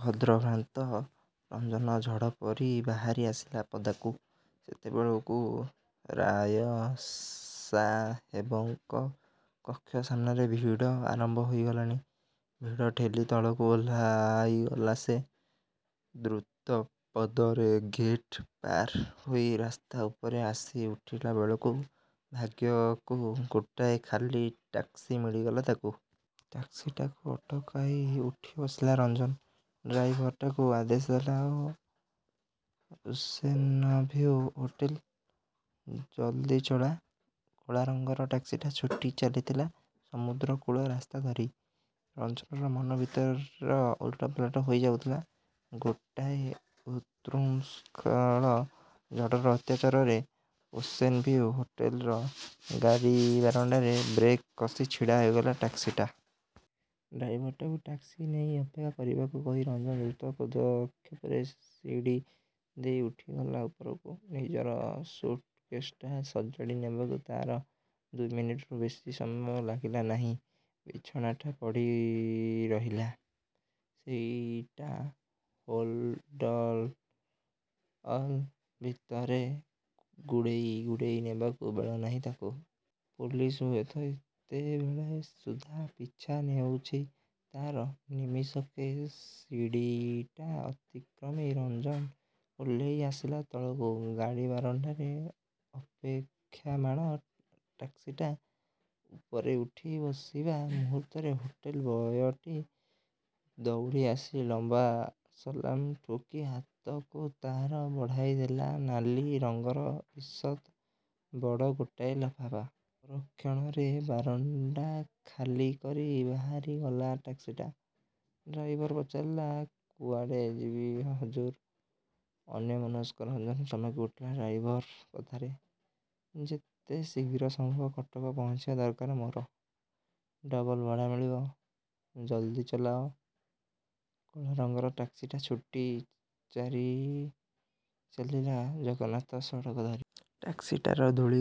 ଭଦ୍ରଭ୍ରାନ୍ତ ରଞ୍ଜନ ଝଡ଼ ପରି ବାହାରି ଆସିଲା ପଦାକୁ। ସେତେବେଳକୁ ରାୟସାହେବଙ୍କ କକ୍ଷ ସାମ୍ନାରେ ଭିଡ଼ ଆରମ୍ଭ ହୋଇଗଲାଣି। ଭିଡ଼ ଠେଲି ତଳକୁ ଓହ୍ଲାଇଗଲା ସେ। ଦ୍ରୁତପଦରେ ଗେଟ୍ ପାର ହୋଇ ରାସ୍ତା ଉପରେ ଆସି ଉଠିଲାବେଳକୁ ଭାଗ୍ୟକୁ ଗୋଟାଏ ଖାଲି ଟାକ୍ସି ମିଳିଗଲା ତାକୁ। ଟାକ୍ସିଟାକୁ ଅଟକାଇ ଉଠି ବସିଲା ରଞ୍ଜନ। ଡ୍ରାଇଭରଟାକୁ ଆଦେଶ ଦେଲା ଓସେନଭିଉ ହୋଟେଲ। ଜଲଦି ଚଳା। କଳାରଙ୍ଗର ଟାକ୍ସିଟା ଛୁଟି ଚାଲିଥିଲା ସମୁଦ୍ରକୂଳ ରାସ୍ତା ଧରି। ରଞ୍ଜନର ମନ ଭିତର ଓଲଟପାଲଟ ହୋଇ ଯାଉଥିଲା ଗୋଟାଏ ଉତ୍ଶୃଙ୍ଖଳ ଝଡ଼ର ଅତ୍ୟାଚାରରେ। ଓସେନ ଭିଉ ହୋଟେଲର ଗାଡ଼ିବାରଣ୍ତାରେ ବ୍ରେକ କସି ଛିଡ଼ା ହୋଇଗଲା ଟାକ୍ସିଟା। ଡ୍ରାଇଭରଟାକୁ ଟାକ୍ସି ନେଇ ଅପେକ୍ଷା କରିବାକୁ କହି ରଞ୍ଜନ ଦ୍ରୁତ ପଦକ୍ଷେପରେ ସିଡ଼ିଦେଇ ଉଠିଗଲା ଉପରକୁ। ନିଜର ସୁଟକେଶଟା ସଜାଡ଼ି ନେବାକୁ ତାର ଦୁଇମିନିଟରୁ ବେଶି ସମୟ ଲାଗିଲା ନାହିଁ। ବିଛଣାଟା ପଡ଼ି ରହିଲା। ସେଇଟା ହୋଲ୍ଡ଼ଅଲ ଭିତରେ ଗୁଡ଼େଇ ଗୁଡ଼େଇ ନେବାକୁ ବେଳନାହିଁ ତାକୁ। ପୋଲିସ୍ ହୁଏତ ଏତେବେଳ ସୁଦ୍ଧା ପିଛା ନେଉଚି ତା'ର। ନିମିଷକେ ସିଡ଼ିଟା ଅତିକ୍ରମି ରଞ୍ଜନ ଓହ୍ଲେଇ ଆସିଲା ତଳକୁ। ଗାଡ଼ିବାରଣ୍ତାରେ ଅପେକ୍ଷାମାଣ ଟାକ୍ସିଟା ଉପରେଉଠି ବସିବା ମୁହୂର୍ତ୍ତରେ ହୋଟେଲ ବୟଟି, ଦଉଡ଼ି ଆସି ଲମ୍ଵା ସଲାମ ଠୁଙ୍କି ହାତକୁ ତାର ବଢ଼ାଇଦେଲା ନାଲି ରଙ୍ଗର ଇଷତ୍ ବଡ଼ ଗୋଟାଏ ଲଫାପା। ପରକ୍ଷଣରେ ବାରଣ୍ତା ଖାଲି କରି ବାହାରିଗଲା ଟାକ୍ସିଟା। ଡ୍ରାଇଭର ପଚାରିଲା। କୁଆଡ଼େ ଯିବି ହଜୁର। ଅନ୍ୟମନସ୍କ ରଞ୍ଜନ ଚମକି ଉଠିଲା ଡ୍ରାଇଭର କଥାରେ। ଯେତେଶିଘ୍ର ସମ୍ଭବ କଟକ ପହଞ୍ଚିବା ଦରକାର ମୋର। ଡବଲ ଭଡ଼ା ମିଳିବ। ଜଲଦି ଚଲାଅ। କଳାରଙ୍ଗର ଟାକ୍ସିଟା ଛୁଟି ଚାଲିଲା ଜଗନ୍ନାଥ ସଡ଼କ ଧରି। ଟାକ୍ସିଟାର ଧୂଳି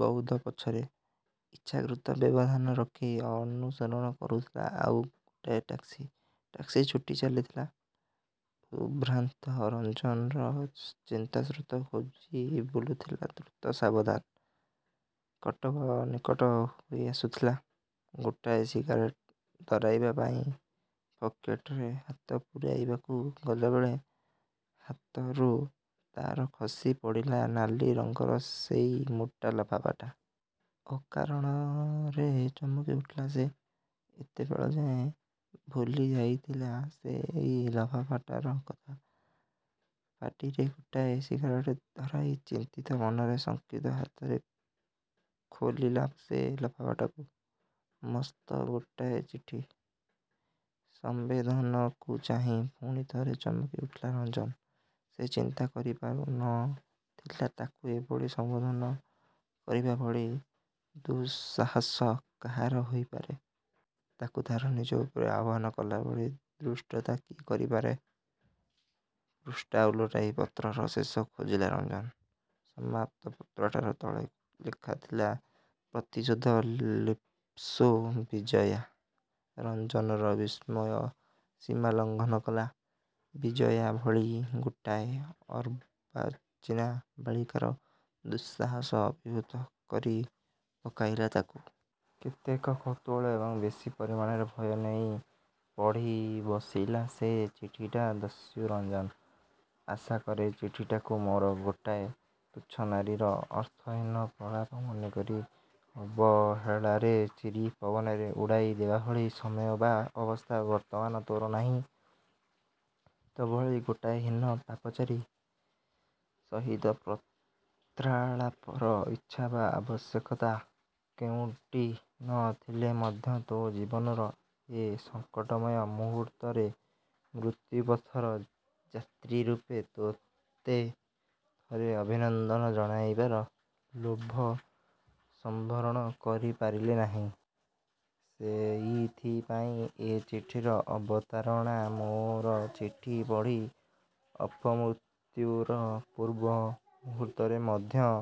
ବଉଦ ପଛରେ, ଇଚ୍ଛାକୃତ ବ୍ୟବଧାନ ରଖି ଅନୁସରଣ କରୁଥିଲା ଆଉ ଗୋଟାଏ ଟାକ୍ସି। ଟାକ୍ସି ଛୁଟି ଚାଲିଥିଲା। ଉଦ୍ଭ୍ରାନ୍ତ ରଞ୍ଜନର ଚିନ୍ତାସ୍ରୋତ ଖୋଜି ବୁଲୁଥିଲା ଦ୍ରୁତ ସାବଧାନ। କଟକ ନିକଟ ହୋଇ ଆସୁଥିଲା। ଗୋଟାଏ ସିଗାରେଟ ଧରାଇବା ପାଇଁ ପକେଟରେ ହାତ ପୁରାଇବାକୁ ଗଲାବେଳେ ହାତରୁ ତା'ର ଖସି ପଡ଼ିଲା ନାଲି ରଙ୍ଗର ସେଇ ମୋଟା ଲଫାଫାଟା। ଅକାରଣରେ ଚମକି ଉଠିଲା ସେ। ଏତେବେଳଯାଏ ଭୁଲି ଯାଇଥିଲା ସେ ଏଇ ଲଫାପାଟାର କଥା। ପାଟିରେ ଗୋଟାଏ ସିଗାରେଟ ଧରାଇ ଚିନ୍ତିତ ମନରେ ଶଙ୍କିତ ହାତରେ ଖୋଲିଲା ସେ ଲଫାପାଟାକୁ। ମସ୍ତ ଗୋଟାଏ ଚିଠି। ସଂବୋଧନକୁ ଚାହିଁ ପୁଣିଥରେ ଚମକି ଉଠିଲା ରଞ୍ଜନ। ସେ ଚିନ୍ତା କରି ପାରୁ ନ ଥିଲା ତାକୁ ଏଭଳି ସମ୍ଵୋଧନ କରିବାଭଳି ଦୁଃସାହସ କାହାର ହୋଇପାରେ। ତାକୁ ତା'ର ନିଜ ରୂପରେ ଆହ୍ଵାନ କଲାଭଳି ଧୃଷ୍ଟତା କିଏ କରିପାରେ? ପୃଷ୍ଠା ଓଲଟାଇ ପତ୍ରର ଶେଷ ଖୋଜିଲା ରଞ୍ଜନ। ସମାପ୍ତ ପତ୍ରଟାର ତଳେ ଲେଖାଥିଲା ପ୍ରତିଶୋଧ ଲିପ୍ସୁ ବିଜୟା। ରଞ୍ଜନର ବିସ୍ମୟ ସୀମା ଲଘଂନ କଲା। ବିଜୟା ଭଲି ଗୋଟାଏ ଅର୍ବାଚିନା ବାଳିକାର ଦୁଃସାହସ ଅଭିଭୂତ କରି ପକାଇଲା ତାକୁ। କେତେକ କୌତୂହଳ ଏବଂ ବେଶି ପରିମାଣରେ ଭୟ ନେଇ ପଢ଼ିବସିଲା ସେ ଚିଠିଟା ଦସ୍ୟୁ ରଞ୍ଜନ,। ଆଶାକରେ ଚିଠିଟାକୁ ମୋର ଗୋଟାଏ ତୁଚ୍ଛ ନାରୀର ଅର୍ଥହୀନ ପ୍ରଳାପ ମନେକରି, ଅବହେଳାରେ ଚିରି ପବନରେ ଉଡ଼ାଇ ଦେବାଭଳି ସମୟ ବା ଅବସ୍ଥା ବର୍ତ୍ତମାନ ତୋର ନାହିଁ। ତୋଭଳି ଗୋଟାଏ ହୀନ ପାପଚାରୀ ସହିତ ପତ୍ରାଳାପର ଇଚ୍ଛା ବା ଆବଶ୍ୟକତା କେଉଁଟି ନ ଥିଲେ ମଧ୍ୟ ତୋ ଜୀବନର ଏ ସଙ୍କଟମୟ ମୁହୂର୍ତ୍ତରେ, ମୃତ୍ୟପଥର ଯାତ୍ରୀ ରୂପେ ତୋତେ ଥରେ ଅଭିନନ୍ଦନ ଜଣାଇବାର ଲୋଭ ସମ୍ଵରଣ କରି ପାରିଲେ ନାହିଁ। ସେଇଥିପାଇଁ ଏ ଚିଠିର ଅବତାରଣା ମୋର ଚିଠି ପଢ଼ି ଅପମୃତ୍ୟୁର ପୂର୍ବ ମୁହୂର୍ତ୍ତରେ ମଧ୍ୟ।